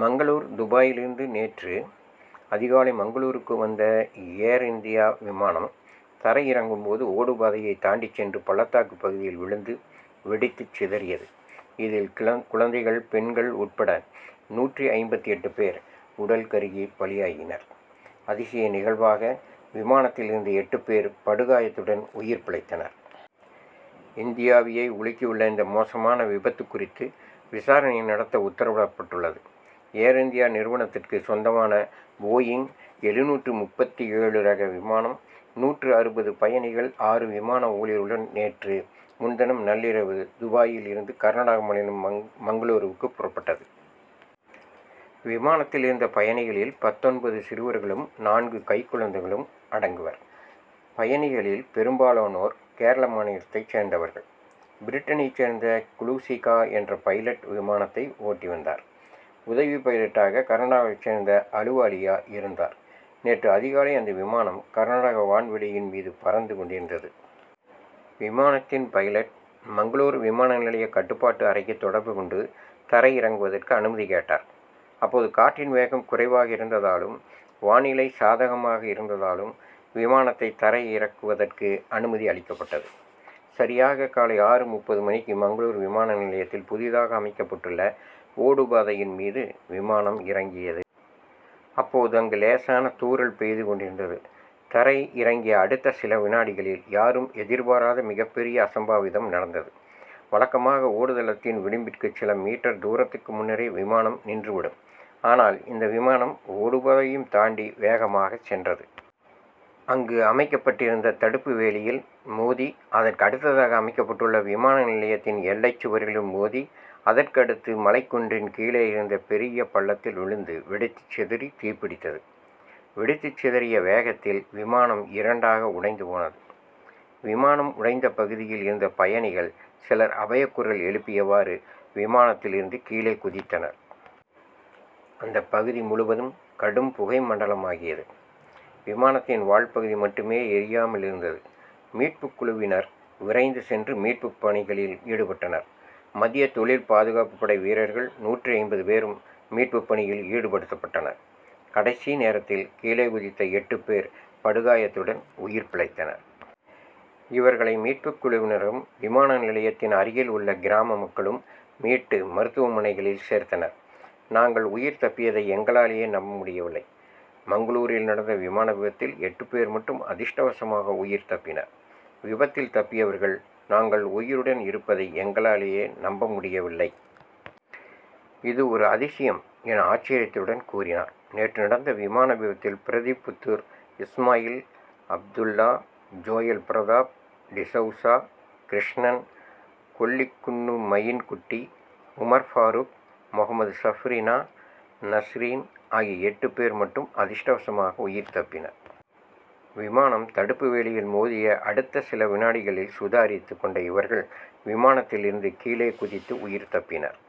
மங்களூரு துபாயிலிருந்து நேற்று அதிகாலை மங்களூருவுக்கு வந்த ஏர் இந்தியா விமானம் தரை இறங்கும் போது ஓடுபாதையை தாண்டிச் சென்று பள்ளத்தாக்கு பகுதியில் விழுந்து வெடித்துச் சிதறியது. இதில் குழந்தைகள் பெண்கள் உட்பட நூற்று ஐம்பத்து எட்டு பேர் உடல் கருகி பலியாயினர். அதிசய நிகழ்வாக விமானத்தில் இருந்த எட்டு பேர் படுகாயத்துடன் உயிர் பிழைத்தனர். இந்தியாவையே உலுக்கியுள்ள இந்த மோசமான விபத்து குறித்து விசாரணை நடத்த உத்தரவிடப்பட்டுள்ளது. ஏர் இந்தியா நிறுவனத்துக்கு சொந்தமான போயிங் எழுநூற்று முப்பத்து ஏழு ரக விமானம் நூற்று அறுபது பயணிகள் ஆறு விமான ஊழியர்களுடன் நேற்று முன்தினம் நள்ளிரவு துபாயில் இருந்து கர்நாடக மாநிலம் மங்களூருவுக்கு புறப்பட்டது. விமானத்தில் இருந்த பயணிகளில் பத்தொன்பது சிறுவர்களும் நான்கு கைக்குழந்தைகளும் அடங்குவர். பயணிகளில் பெரும்பாலானோர் கேரள மாநிலத்தைச் சேர்ந்தவர்கள். பிரிட்டனைச் சேர்ந்த க்ளூசிகா என்ற பைலட் விமானத்தை ஓட்டி வந்தார். உதவி பைலட்டாக கர்நாடகாவைச் சேர்ந்த அலுவாலியா இருந்தார். நேற்று அதிகாலை அந்த விமானம் கர்நாடகா வான்வெளியின் மீது பறந்து கொண்டிருந்தது. விமானத்தின் பைலட் மங்களூரு விமான நிலைய கட்டுப்பாட்டு அறைக்கு தொடர்பு கொண்டு தரை இறங்குவதற்கு அனுமதி கேட்டார். அப்போது காற்றின் வேகம் குறைவாக இருந்ததாலும் வானிலை சாதகமாக இருந்ததாலும் விமானத்தை தரை இறக்குவதற்கு அனுமதி அளிக்கப்பட்டது. சரியாக காலை ஆறு முப்பது மணிக்கு மங்களூரு விமான நிலையத்தில் புதிதாக அமைக்கப்பட்டுள்ள ஓடுபாதையின் மீது விமானம் இறங்கியது. அப்போது அங்கு லேசான தூறல் பெய்து கொண்டிருந்தது. தரை இறங்கிய அடுத்த சில வினாடிகளில் யாரும் எதிர்பாராத மிகப் பெரிய அசம்பாவிதம் நடந்தது. வழக்கமாக ஓடுதளத்தின் விளிம்பிற்கு சில மீட்டர் தூரத்துக்கு முன்னரே விமானம் நின்று விடும். ஆனால் இந்த விமானம் ஓடுபாதையையும் தாண்டி வேகமாகச் சென்றது. அங்கு அமைக்கப்பட்டிருந்த தடுப்பு வேலியில் மோதி அதற்கு அடுத்ததாக அமைக்கப்பட்டுள்ள விமான நிலையத்தின் எல்லைச் சுவரிலும் மோதி அதற்கு அடுத்து மலைக் குன்றின் கீழே இருந்த பெரிய பள்ளத்தில் விழுந்து வெடித்துச் சிதறி தீப்பிடித்தது. வெடித்துச் சிதறிய வேகத்தில் விமானம் இரண்டாக உடைந்து போனது. விமானம் உடைந்த பகுதியில் இருந்த பயணிகள் சிலர் அபயக் குரல் எழுப்பியவாறு விமானத்தில் இருந்து கீழே குதித்தனர். அந்த பகுதி முழுவதும் கடும் புகை மண்டலமாகியது. விமானத்தின் வால் பகுதி மட்டுமே எரியாமல் இருந்தது. மீட்புக் குழுவினர் விரைந்து சென்று மீட்புப் பணிகளில் ஈடுபட்டனர். மத்திய தொழில் பாதுகாப்பு படை வீரர்கள் நூற்று ஐம்பது பேரும் மீட்புப் பணியில் ஈடுபடுத்தப்பட்டனர். கடைசி நேரத்தில் கீழே குதித்த எட்டு பேர் படுகாயத்துடன் உயிர் பிழைத்தனர். இவர்களை மீட்புக் குழுவினரும் விமான நிலையத்தின் அருகில் உள்ள கிராம மக்களும் மீட்டு மருத்துவமனைகளில் சேர்த்தனர். நாங்கள் உயிர் தப்பியதை எங்களாலேயே நம்ப முடியவில்லை. மங்களூரில் நடந்த விமான விபத்தில் எட்டு பேர் மட்டும் அதிர்ஷ்டவசமாக உயிர் தப்பினர். விபத்தில் தப்பியவர்கள் நாங்கள் உயிருடன் இருப்பதை எங்களாலேயே நம்ப முடியவில்லை. இது ஒரு அதிசயம் என ஆச்சர்யத்துடன் கூறினார். நேற்று நடந்த விமான விபத்தில் பிரதிப் புத்துர் இஸ்மாயில் அப்துல்லா ஜோயல் பிரதாப் டிசவுசா கிருஷ்ணன் கொல்லிக்குன்னு மயின் குட்டி உமர் பாருக் முகமது சப்ரினா நஸ்ரின் ஆகிய எட்டு பேர் மட்டும் அதிர்ஷ்டவசமாக உயிர் தப்பினர். விமானம் தடுப்பு வேலியில் மோதிய அடுத்த சில வினாடிகளில் சுதாரித்து கொண்ட இவர்கள் விமானத்திலிருந்து கீழே குதித்து உயிர் தப்பினர்.